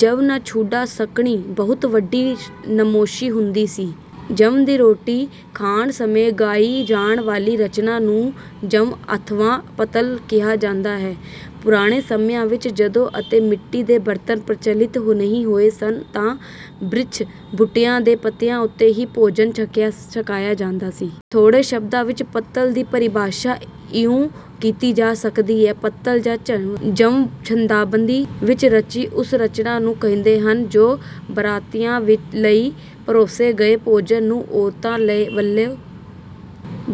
ਜੰਞ ਨਾ ਛੁਡਾ ਸਕਣੀ ਬਹੁਤ ਵੱਡੀ ਨਮੋਸ਼ੀ ਹੁੰਦੀ ਸੀ। ਜੰਞ ਦੇ ਰੋਟੀ ਖਾਣ ਸਮੇਂ ਗਾਈ ਜਾਣ ਵਾਲੀ ਰਚਨਾ ਨੂੰ ‘ਜੰਞ’ ਅਥਵਾ ‘ਪੱਤਲ’ ਕਿਹਾ ਜਾਂਦਾ ਹੈ। ਪੁਰਾਣੇ ਸਮਿਆਂ ਵਿੱਚ, ਜਦੋਂ ਅਜੇ ਮਿੱਟੀ ਦੇ ਬਰਤਨ ਪ੍ਰਚਲਿਤ ਨਹੀਂ ਹੋਏ ਸਨ, ਤਾਂ ਬ੍ਰਿਛ-ਬੂਟਿਆਂ ਦੇ ਪੱਤਿਆਂ ਉੱਤੇ ਹੀ ਭੋਜਨ ਛਕਿਆ-ਛਕਾਇਆ ਜਾਂਦਾ ਸੀ। ਥੋੜ੍ਹੇ ਸ਼ਬਦਾਂ ਵਿੱਚ ਪੱਤਲ ਦੀ ਪਰਿਭਾਸ਼ਾ ਇਉਂ ਕੀਤੀ ਜਾ ਸਕਦੀ ਹੈ: “ਪੱਤਲ ਜਾਂ ਜੰਞ, ਛੰਦਾਬੰਦੀ ਵਿੱਚ ਰਚੀ ਉਸ ਰਚਨਾ ਨੂੰ ਕਹਿੰਦੇ ਹਨ, ਜੋ ਬਰਾਤੀਆਂ ਲਈ ਪਰੋਸੇ ਗਏ ਭੋਜਨ ਨੂੰ ਔਰਤਾਂ ਵੱਲੋਂ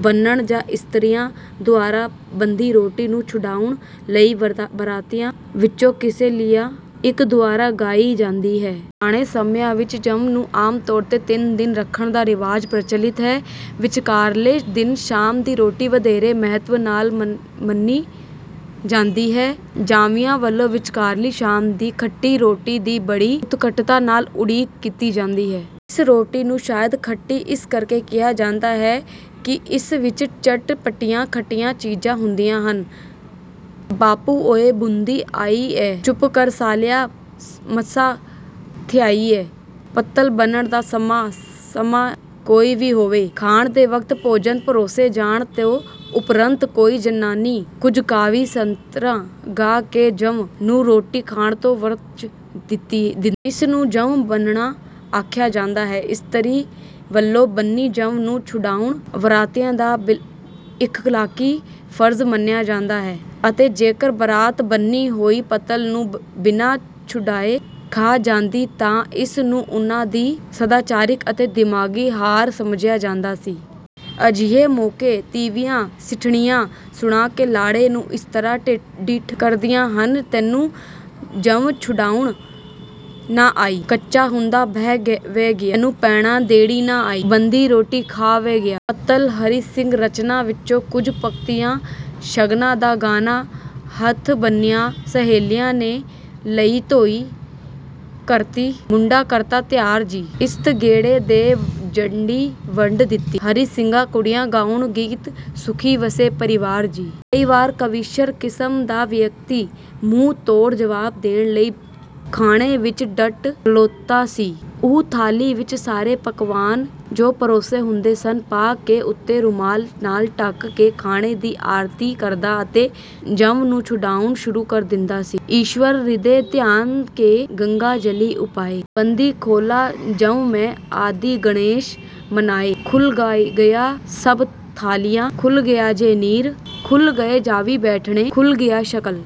ਬੰਨ੍ਹਣ ਜਾਂ ਇਸਤਰੀਆਂ ਦੁਆਰਾ ਬੱਧੀ ਰੋਟੀ ਨੂੰ ਛੁਡਾਉਣ ਲਈ ਬਰਾਤੀਆਂ ਵਿੱਚੋਂ ਕਿਸੇ ਲੀਆ ਇੱਕ ਦੁਆਰਾ ਗਾਈ ਜਾਂਦੀ ਹੈ।” ਪੁਰਾਣੇ ਸਮਿਆਂ ਵਿੱਚ ਜੰਞ ਨੂੰ ਆਮ ਤੌਰ ’ਤੇ ਤਿੰਨ ਦਿਨ ਰੱਖਣ ਦਾ ਰਿਵਾਜ ਪ੍ਰਚਲਿਤ ਹੈ। ਵਿਚਕਾਰਲੇ ਦਿਨ ਸ਼ਾਮ ਦੀ ਰੋਟੀ ਵਧੇਰੇ ਮਹੱਤਵ ਮੰਨੀ ਜਾਂਦੀ ਹੈ। ਜਾਂਞੀਆਂ ਵੱਲੋਂ ਵਿਚਕਾਰਲੀ ਸ਼ਾਮ ਦੀ ‘ਖੱਟੀ ਰੋਟੀ’ ਦੀ ਬੜੀ ਉਤਕੰਠਤਾ ਨਾਲ ਉਡੀਕ ਕੀਤੀ ਜਾਂਦੀ ਹੈ। ਇਸ ਰੋਟੀ ਨੂੰ ਸ਼ਾਇਦ ‘ਖੱਟੀ’ ਇਸ ਕਰਕੇ ਕਿਹਾ ਜਾਂਦਾ ਹੈ ਕਿ ਇਸ ਵਿੱਚ ਚਟ-ਪੱਟੀਆਂ ਖੱਟੀਆਂ ਚੀਜ਼ਾਂ ਹੁੰਦੀਆਂ ਹਨ: “ਬਾਪੂ ਓਏ! ਬੂੰਦੀ ਆਈ ਐ, ਚੁੱਪ ਕਰ ਸਾਲਿਆ, ਮਸਾਂ ਥਿਆਈ ਐ।” ਪੱਤਲ ਬੰਨ੍ਹਣ ਦਾ ਸਮਾਂ: ਸਮਾਂ ਕੋਈ ਵੀ ਹੋਵੇ, ਖਾਣ ਦੇ ਵਕਤ ਭੋਜਨ ਪਰੋਸੇ ਜਾਣ ਤੋਂ ਉਪਰੰਤ ਕੋਈ ਜ਼ਨਾਨੀ ਕੁਝ ਕਾਵੀ-ਸਂਤਰਾਂ ਗਾ ਕੇ ਜੰਞ ਨੂੰ ਰੋਟੀ ਖਾਣ ਤੋਂ ਵਰਜ ਦਿੰਦੀ। ਇਸ ਨੂੰ ‘ਜੰਞ ਬੰਨ੍ਹਣਾ’ ਆਖਿਆ ਜਾਂਦਾ ਹੈ। ਇਸਤਰੀਆਂ ਵੱਲੋਂ ਬੰਨ੍ਹੀ ਜੰਞ ਨੂੰ ਛੁਡਾਉਣਾ ਬਰਾਤੀਆਂ ਦਾ ਇਖਲਾਕੀ ਫ਼ਰਜ਼ ਮੰਨਿਆ ਜਾਂਦਾ ਸੀ ਅਤੇ ਜੇਕਰ ਬਰਾਤ ਬੰਨ੍ਹੀ ਹੋਈ ਪੱਤਲ ਨੂੰ ਬਿਨਾਂ ਛੁਡਾਏ ਖਾ ਜਾਂਦੀ ਤਾਂ ਇਸ ਨੂੰ ਉਨ੍ਹਾਂ ਦੀ ਸਦਾਚਾਰਿਕ ਅਤੇ ਦਿਮਾਗੀ ਹਾਰ ਸਮਝਿਆ ਜਾਂਦਾ ਸੀ। ਅਜਿਹੇ ਮੌਕੇ ਤੀਵੀਆਂ ਸਿੱਠਣੀਆਂ ਸੁਣਾ ਕੇ ਲਾੜੇ ਨੂੰ ਇਸ ਤਰ੍ਹਾਂ ਡਿੱਠ ਕਰਦੀਆਂ ਹਨ: “ਤੈਨੂੰ ਜੰਞ ਛੁਡਾਉਣ ਨਾ ਆਈ, ਕੱਚਾ ਹੁੰਦਾ ਬਹਿ ਵੇ ਗਿਆ। ਤੈਨੂੰ ਭੈਣਾਂ ਦੇਣੀ ਨਾ ਆਈ, ਬੱਧੀ ਰੋਟੀ ਖਾ ਵੇ ਗਿਆ।” ਪੱਤਲ ਹਰੀ ਸਿੰਘ ਰਚਨਾ ਵਿੱਚੋਂ ਕੁਝ ਪਕਤੀਆਂ: “ਸ਼ਗਨਾਂ ਦਾ ਗਾਨਾ, ਹੱਥ ਬੰਨ੍ਹਿਆਂ ਸ਼ਹੇਲੀਆਂ ਨੇ। ਲਈ ਧੋਈ ਕਰਤੀ, ਮੁੰਡਾ ਕਰਤਾ ਤਿਆਰ ਜੀ। ਇਸਤ ਗੇੜੇ ਦੇ ਜੰਡੀ ਵੱਢ ਦਿੱਤੀ, ਹਰੀ ਸਿੰਘਾ ਕੁੜੀਆਂ ਗਾਉਣ ਗੀਤ। ਸੁਖੀ ਵਸੇ ਪਰਿਵਾਰ ਜੀ।” ਕਈ ਵਾਰ ਕਵੀਸ਼ਰ ਕਿਸਮ ਦਾ ਵਿਅਕਤੀ ਮੂੰਹ-ਤੋੜ ਜਵਾਬ ਦੇਣ ਲਈ ਖਾਣੇ ਵਿੱਚ ਡਟ ਖਲੋਤਾ ਸੀ। ਉਹ ਥਾਲੀ ਵਿੱਚ ਸਾਰੇ ਪਕਵਾਨ, ਜੋ ਪਰੋਸੇ ਹੁੰਦੇ ਸਨ, ਪਾ ਕੇ ਉੱਤੋਂ ਰੁਮਾਲ ਨਾਲ ਢੱਕ ਕੇ ਖਾਣੇ ਦੀ ਆਰਤੀ ਕਰਦਾ ਅਤੇ ਜੰਞ ਨੂੰ ਛੁਡਾਉਣਾ ਸ਼ੁਰੂ ਕਰ ਦਿੰਦਾ ਸੀ: “ਈਸ਼ਵਰ ਰਿਦੇ ਧਿਆਨ ਕੇ, ਗੰਗਾ ਜਲੀ ਉਪਾਏ। ਬੱਧੀ ਖੋਲਾਂ ਜੰਞ ਮੈਂ, ਆਦਿ ਗਣੇਸ਼ ਮਨਾਏ। ਖੁੱਲ੍ਹ ਗਈਆਂ ਸਭ ਥਾਲੀਆਂ, ਖੁੱਲ੍ਹ ਗਿਆ ਜੇ ਨੀਰ। ਖੁੱਲ੍ਹ ਗਏ ਜਾਂਞੀ ਬੈਠੜੇ, ਖੁੱਲ੍ਹ ਗਿਆ ਸ਼ਕਲ...”